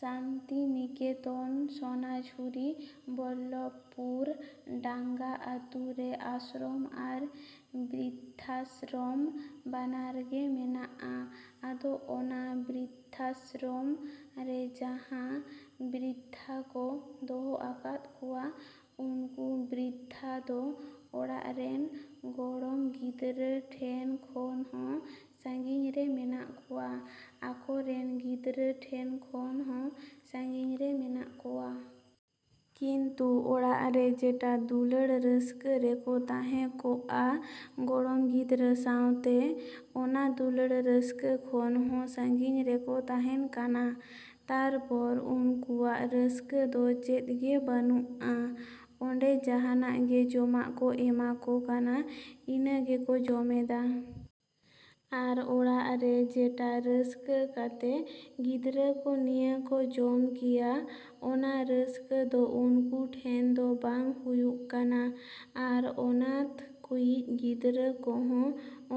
‎ᱥᱟᱱᱛᱤᱱᱤᱠᱮᱛᱚᱱ ᱥᱚᱱᱟᱡᱷᱩᱨᱤ ᱵᱚᱞᱞᱚᱵᱽᱯᱩᱨ ᱰᱟᱝᱜᱟ ᱟᱛᱳ ᱨᱮ ᱟᱥᱨᱚᱢ ᱟᱨ ᱵᱨᱤᱫᱽᱫᱷᱟᱥᱨᱚᱢ ᱵᱟᱱᱟᱨ ᱜᱮ ᱢᱮᱱᱟᱜᱼᱟ᱾ ᱟᱫᱚ ᱚᱱᱟ ᱵᱨᱤᱫᱽᱫᱷᱟᱥᱨᱚᱢ ᱨᱮ ᱡᱟᱦᱟᱸ ᱵᱨᱤᱫᱽᱫᱷᱟ ᱠᱚ ᱫᱚᱦᱚ ᱟᱠᱟᱫ ᱠᱚᱣᱟ, ᱩᱱᱠᱩ ᱵᱨᱤᱫᱽᱫᱷᱟ ᱫᱚ ᱚᱲᱟᱜ ᱨᱮᱱ ᱜᱚᱲᱚᱢ ᱜᱤᱫᱽᱨᱟᱹ ᱴᱷᱮᱱ ᱠᱷᱚᱱ ᱦᱚᱸ ᱥᱟᱹᱜᱤᱧ ᱨᱮ ᱢᱮᱱᱟᱜ ᱠᱚᱣᱟ, ᱟᱠᱚ ᱨᱮᱱ ᱜᱤᱫᱽᱨᱟᱹ ᱴᱷᱮᱱ ᱠᱷᱚᱱ ᱦᱚᱸ ᱥᱟᱹᱜᱤᱧ ᱨᱮ ᱢᱮᱱᱟᱜ ᱠᱚᱣᱟ᱾ ᱠᱤᱱᱛᱩ ᱚᱲᱟᱜ ᱨᱮ ᱡᱮᱴᱟ ᱫᱩᱞᱟᱹᱲ ᱨᱟᱹᱥᱠᱟᱹ ᱨᱮᱠᱚ ᱛᱟᱦᱮᱸ ᱠᱚᱜᱼᱟ ᱜᱚᱲᱚᱢ ᱜᱤᱫᱽᱨᱟᱹ ᱥᱟᱶᱛᱮ, ᱚᱱᱟ ᱫᱩᱞᱟᱹᱲ ᱨᱟᱹᱥᱠᱟᱹ ᱠᱷᱚᱱ ᱦᱚᱸ ᱥᱟᱹᱜᱤᱧ ᱨᱮᱠᱚ ᱛᱟᱦᱮᱱ ᱠᱟᱱᱟ᱾ ᱛᱟᱨᱯᱚᱨ ᱩᱱᱠᱩᱣᱟᱜ ᱨᱟᱹᱥᱠᱟᱹ ᱫᱚ ᱪᱮᱫ ᱜᱮ ᱵᱟᱹᱱᱩᱜᱼᱟ᱾ ᱚᱸᱰᱮ ᱡᱟᱦᱟᱱᱟᱜ ᱜᱮ ᱡᱚᱢᱟᱜ ᱠᱚ ᱮᱢᱟ ᱠᱚ ᱠᱟᱱᱟ, ᱤᱱᱟᱹ ᱜᱮᱠᱚ ᱡᱚᱢᱮᱫᱟ᱾ ᱟᱨ ᱚᱲᱟᱜ ᱨᱮ ᱡᱮᱴᱟ ᱨᱟᱹᱥᱠᱟᱹ ᱠᱟᱛᱮ ᱜᱤᱫᱽᱨᱟᱹ ᱠᱚ ᱱᱤᱭᱟᱹ ᱠᱚ ᱡᱚᱢ ᱠᱮᱭᱟ, ᱚᱱᱟ ᱨᱟᱹᱥᱠᱟᱹ ᱫᱚ ᱩᱱᱠᱩ ᱴᱷᱮᱱ ᱫᱚ ᱵᱟᱝ ᱦᱩᱭᱩᱜ ᱠᱟᱱᱟ᱾ ᱟᱨ ᱚᱱᱟᱛᱷ ᱠᱚᱭᱤᱡ ᱜᱤᱫᱽᱨᱟᱹ ᱠᱚ ᱦᱚᱸ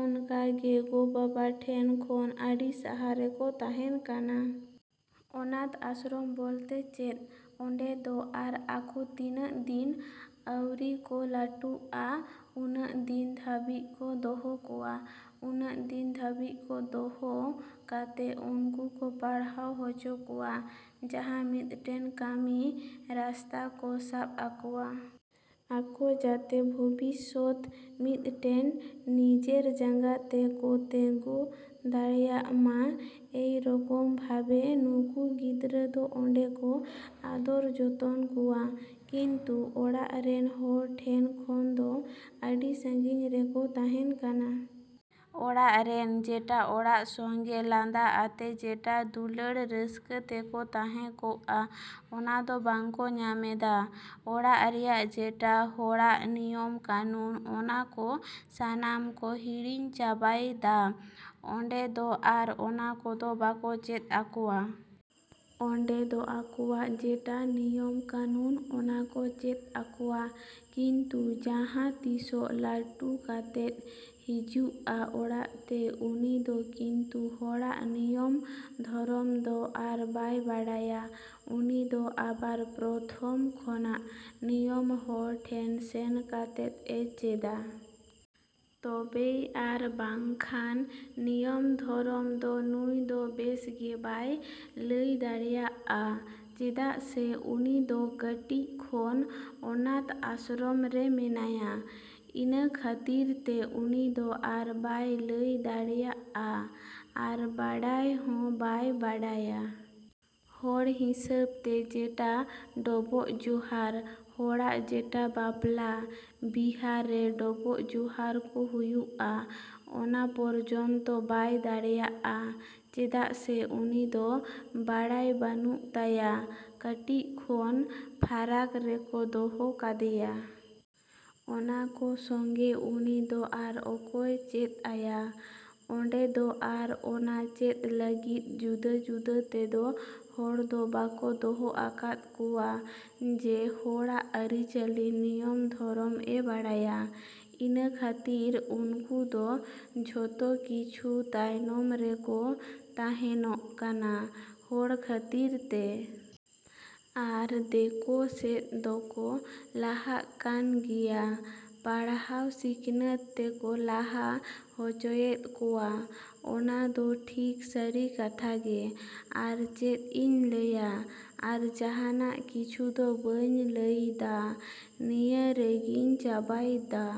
ᱚᱱᱠᱟ ᱜᱮ ᱜᱚᱼᱵᱟᱵᱟ ᱴᱷᱮᱱ ᱠᱷᱚᱱ ᱟᱹᱰᱤ ᱥᱟᱦᱟ ᱨᱮᱠᱚ ᱛᱟᱦᱮᱱ ᱠᱟᱱᱟ᱾ ᱚᱱᱟᱛᱷ ᱟᱥᱨᱚᱢ ᱵᱚᱞᱛᱮ ᱪᱮᱫ? ᱚᱸᱰᱮ ᱫᱚ ᱟᱨ ᱟᱠᱚ ᱛᱤᱱᱟᱹᱜ ᱫᱤᱱ ᱟᱹᱣᱨᱤ ᱠᱚ ᱞᱟᱹᱴᱩᱜᱼᱟ, ᱩᱱᱟᱹᱜ ᱫᱤᱱ ᱫᱷᱟᱹᱵᱤᱡ ᱠᱚ ᱫᱚᱦᱚ ᱠᱚᱣᱟ᱾ ᱩᱱᱟᱹᱜ ᱫᱤᱱ ᱫᱷᱟᱹᱵᱤᱡ ᱠᱚ ᱫᱚᱦᱚ ᱠᱟᱛᱮ ᱩᱱᱠᱩ ᱠᱚ ᱯᱟᱲᱦᱟᱣ ᱦᱚᱪᱚ ᱠᱚᱣᱟ, ᱡᱟᱦᱟᱸ ᱢᱤᱫᱴᱮᱱ ᱠᱟᱹᱢᱤ ᱨᱟᱥᱛᱟ ᱠᱚ ᱥᱟᱵ ᱟᱠᱚᱣᱟ᱾ ᱟᱠᱚ ᱡᱟᱛᱮ ᱵᱷᱚᱵᱤᱥᱚᱛ ᱢᱤᱫᱴᱮᱱ ᱱᱤᱡᱮᱨ ᱡᱟᱸᱜᱟ ᱛᱮ ᱠᱚ ᱛᱮᱜᱳ ᱫᱟᱲᱮᱭᱟᱜ ᱢᱟ᱾ ᱮᱭ ᱨᱚᱠᱚᱢ ᱵᱷᱟᱵᱮ ᱱᱩᱠᱩ ᱜᱤᱫᱽᱨᱟᱹ ᱫᱚ ᱚᱸᱰᱮ ᱠᱚ ᱟᱫᱚᱨ ᱡᱚᱛᱚᱱ ᱠᱚᱣᱟ᱾ ᱠᱤᱱᱛᱩ ᱚᱲᱟᱜ ᱨᱮᱱ ᱦᱚᱲ ᱴᱷᱮᱱ ᱠᱷᱚᱱ ᱫᱚ ᱟᱹᱰᱤ ᱥᱟᱹᱜᱤᱧ ᱨᱮᱠᱚ ᱛᱟᱦᱮᱱ ᱠᱟᱱᱟ᱾ ᱚᱲᱟᱜ ᱨᱮᱱ ᱡᱮᱴᱟ ᱚᱲᱟᱜ ᱥᱚᱝᱜᱮ ᱞᱟᱸᱫᱟ ᱟᱛᱮ ᱡᱮᱴᱟ ᱫᱩᱞᱟᱹᱲ ᱨᱟᱹᱥᱠᱟᱹ ᱛᱮᱠᱚ ᱛᱟᱦᱮᱸ ᱠᱚᱜᱼᱟ, ᱚᱱᱟ ᱫᱚ ᱵᱟᱝ ᱠᱚ ᱧᱟᱢᱮᱫᱟ᱾ ᱚᱲᱟᱜ ᱨᱮᱭᱟᱜ ᱡᱮᱴᱟ ᱦᱚᱲᱟᱜ ᱱᱤᱭᱚᱢ ᱠᱟᱹᱱᱩᱱ, ᱚᱱᱟ ᱠᱚ ᱥᱟᱱᱟᱢ ᱠᱚ ᱦᱤᱲᱤᱧ ᱪᱟᱵᱟᱭᱫᱟ᱾ ᱚᱸᱰᱮ ᱫᱚ ᱟᱨ ᱚᱱᱟ ᱠᱚᱫᱚ ᱵᱟᱠᱚ ᱪᱮᱫ ᱟᱠᱚᱣᱟ᱾ ᱚᱸᱰᱮ ᱫᱚ ᱟᱠᱚᱣᱟᱜ ᱡᱮᱴᱟ ᱱᱤᱭᱚᱢ ᱠᱟᱹᱱᱩᱱ, ᱚᱱᱟ ᱠᱚ ᱪᱮᱫ ᱟᱠᱚᱣᱟ᱾ ᱠᱤᱱᱛᱩ ᱡᱟᱦᱟᱸ ᱛᱤᱥᱚᱜ ᱞᱟᱹᱴᱩ ᱠᱟᱛᱮᱫ ᱦᱤᱡᱩᱜᱼᱟ ᱚᱲᱟᱜ ᱛᱮ, ᱩᱱᱤ ᱫᱚ ᱠᱤᱱᱛᱩ ᱦᱚᱲᱟᱜ ᱱᱤᱭᱚᱢ ᱫᱷᱚᱨᱚᱢ ᱫᱚ ᱟᱨ ᱵᱟᱭ ᱵᱟᱰᱟᱭᱟ᱾ ᱩᱱᱤ ᱫᱚ ᱟᱵᱟᱨ ᱯᱨᱚᱛᱷᱚᱢ ᱠᱷᱚᱱᱟᱜ ᱱᱤᱭᱚᱢ ᱦᱚᱲ ᱴᱷᱮᱱ ᱥᱮᱱ ᱠᱟᱛᱮᱫ ᱮ ᱪᱮᱫᱟ᱾ ᱛᱚᱵᱮᱭ ᱟᱨ ᱵᱟᱝᱠᱷᱟᱱ ᱱᱤᱭᱚᱢ ᱫᱷᱚᱨᱚᱢ ᱫᱚ ᱱᱩᱭ ᱫᱚ ᱵᱮᱥ ᱜᱮ ᱵᱟᱭ ᱞᱟᱹᱭ ᱫᱟᱲᱮᱭᱟᱜᱼᱟ᱾ ᱪᱮᱫᱟᱜ ᱥᱮ ᱩᱱᱤ ᱫᱚ ᱠᱟᱹᱴᱤᱡ ᱠᱷᱚᱱ ᱚᱱᱟᱛᱷ ᱟᱥᱨᱚᱢ ᱨᱮ ᱢᱮᱱᱟᱭᱟ᱾ ᱤᱱᱟᱹ ᱠᱷᱟᱹᱛᱤᱨ ᱛᱮ ᱩᱱᱤ ᱫᱚ ᱟᱨ ᱵᱟᱭ ᱞᱟᱹᱭ ᱫᱟᱲᱮᱭᱟᱜᱼᱟ ᱟᱨ ᱵᱟᱰᱟᱭ ᱦᱚᱸ ᱵᱟᱭ ᱵᱟᱰᱟᱭᱟ᱾ ᱦᱚᱲ ᱦᱤᱥᱟᱹᱵᱽ ᱛᱮ ᱡᱮᱴᱟ ᱰᱚᱵᱚᱜ ᱡᱚᱦᱟᱨ, ᱦᱚᱲᱟᱜ ᱡᱮᱴᱟ ᱵᱟᱯᱞᱟ ᱵᱤᱦᱟᱹ ᱨᱮ ᱰᱚᱵᱚᱜ ᱡᱚᱦᱟᱨ ᱠᱚ ᱦᱩᱭᱩᱜᱼᱟ, ᱚᱱᱟ ᱯᱚᱨᱡᱚᱱᱛᱚ ᱵᱟᱭ ᱫᱟᱲᱮᱭᱟᱜᱼᱟ᱾ ᱪᱮᱫᱟᱜ ᱥᱮ ᱩᱱᱤ ᱫᱚ ᱵᱟᱲᱟᱭ ᱵᱟᱹᱱᱩᱜ ᱛᱟᱭᱟ ᱾ ᱠᱟᱹᱴᱤᱡ ᱠᱷᱚᱱ ᱯᱷᱟᱨᱟᱠ ᱨᱮᱠᱚ ᱫᱚᱦᱚ ᱠᱟᱫᱮᱭᱟ᱾ ᱚᱱᱟ ᱠᱚ ᱥᱚᱝᱜᱮ ᱩᱱᱤ ᱫᱚ ᱟᱨ ᱚᱠᱚᱭ ᱪᱮᱫ ᱟᱭᱟ? ᱚᱸᱰᱮ ᱫᱚ ᱟᱨ ᱚᱱᱟ ᱪᱮᱫ ᱞᱟᱹᱜᱤᱫ ᱡᱩᱫᱟᱹ ᱡᱩᱫᱟᱹ ᱛᱮᱫᱚ ᱦᱚᱲ ᱫᱚ ᱵᱟᱠᱚ ᱫᱚᱦᱚ ᱟᱠᱟᱫ ᱠᱚᱣᱟ ᱡᱮ ᱦᱚᱲᱟᱜ ᱟᱹᱨᱤᱪᱟᱹᱞᱤ ᱱᱤᱭᱚᱢ ᱫᱷᱚᱨᱚᱢ ᱮ ᱵᱟᱲᱟᱭᱟ᱾ ᱤᱱᱟᱹ ᱠᱷᱟᱹᱛᱤᱨ ᱩᱱᱠᱩ ᱫᱚ ᱡᱷᱚᱛᱚ ᱠᱤᱪᱷᱩ ᱛᱟᱭᱱᱚᱢ ᱨᱮᱠᱚ ᱛᱟᱦᱮᱱᱚᱜ ᱠᱟᱱᱟ ᱦᱚᱲ ᱠᱷᱟᱹᱛᱤᱨ ᱛᱮ᱾ ᱟᱨ ᱫᱮᱠᱚ ᱥᱮᱫ ᱫᱚᱠᱚ ᱞᱟᱦᱟᱜ ᱠᱟᱱ ᱜᱮᱭᱟ᱾ ᱯᱟᱲᱦᱟᱣ ᱥᱤᱠᱷᱱᱟᱹᱛ ᱛᱮᱠᱚ ᱞᱟᱦᱟ ᱦᱚᱪᱚᱭᱮᱫ ᱠᱚᱣᱟ᱾ ᱚᱱᱟ ᱫᱚ ᱴᱷᱤᱠ ᱥᱟᱹᱨᱤ ᱠᱟᱛᱷᱟ ᱜᱮ᱾ ᱟᱨ ᱪᱮᱫ ᱤᱧ ᱞᱟᱹᱭᱟ, ᱟᱨ ᱡᱟᱦᱟᱱᱟᱜ ᱠᱤᱪᱷᱩ ᱫᱚ ᱵᱟᱹᱧ ᱞᱟᱹᱭᱫᱟ᱾ ᱱᱤᱭᱟᱹ ᱨᱮᱜᱮᱧ ᱪᱟᱵᱟᱭᱫᱟ᱾।